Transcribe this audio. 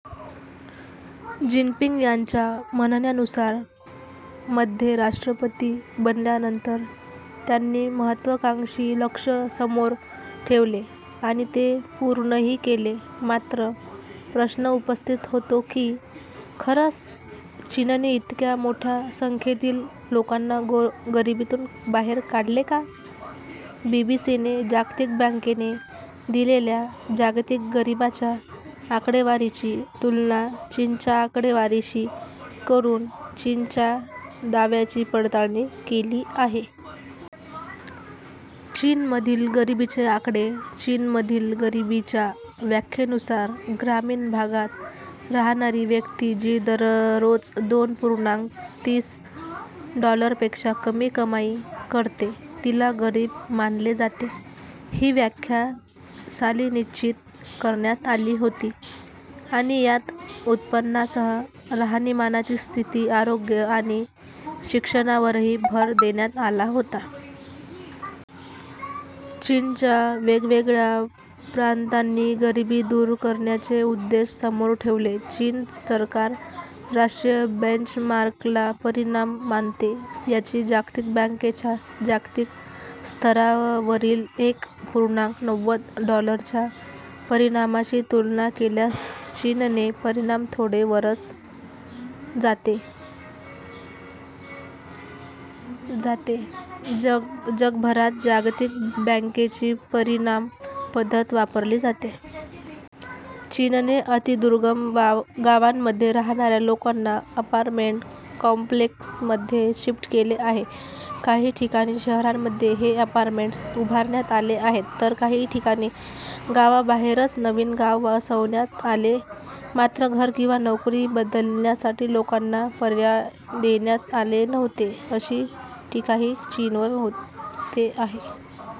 Jinping यांच्या म्हणण्यानुसार, मध्ये राष्ट्रपती बनल्यानंतर त्यांनी महत्त्वाकांक्षी लक्ष्य समोर ठेवले आणि ते पूर्णही केले. मात्र, प्रश्न उपस्थित होतो की, खरंच चीनने इतक्या मोठ्या संख्येतील लोकांना गो गरिबीतून बाहेर काढले का? बीबीसीने जागतिक बँकेने दिलेल्या जागतिक गरिबाच्या आकडेवारीची तुलना चीनच्या आकडेवारीशी करून, चीनच्या दाव्याची पडताळणी केली आहे. चीनमधील गरिबीचे आकडे - चीनमधील गरिबीच्या व्याख्येनुसार, ग्रामीण भागात राहणारी व्यक्ती जी दररोज दोन पूर्णांक तीस डॉलरपेक्षा कमी कमाई करते, तिला गरीब मानले जाते. ही व्याख्या साली निश्चित करण्यात आली होती आणि यात उत्पन्नासह राहणीमानाची स्थिती, आरोग्य आणि शिक्षणावरही भर देण्यात आला होता. चीनच्या वेगवेगळ्या प्रांतांनी गरिबी दूर करण्याचे उद्देश समोर ठेवले. चीन सरकार राष्ट्रीय बेंचमार्कला परिमाण मानते. याची जागतिक बँकेच्या जागतिक स्तरावरील एक पूर्णांक नव्वद डॉलरच्या परिणामाशी तुलना केल्यास चीनने परिणाम थोडे वरच जाते जाते. जग जगभरात जागतिक बँकेची परिणाम पद्धत वापरली जाते. चीनने अतिदुर्गम बाव गावांमध्ये राहणाऱ्या लोकांना अपार्टमेंट कॉम्प्लेक्समध्ये शिफ्ट केले आहे. काही ठिकाणी शहरांमध्ये हे अपार्टमेंट्स उभारण्यात आले आहेत. तर काही ठिकाणी गावाबाहेरच नवीन गाव वसवण्यात आले. मात्र, घर किंवा नोकरी बदलण्यासाठी लोकांना पर्याय देण्यात आले नव्हते, अशी टीकाही चीनवर होते आहे.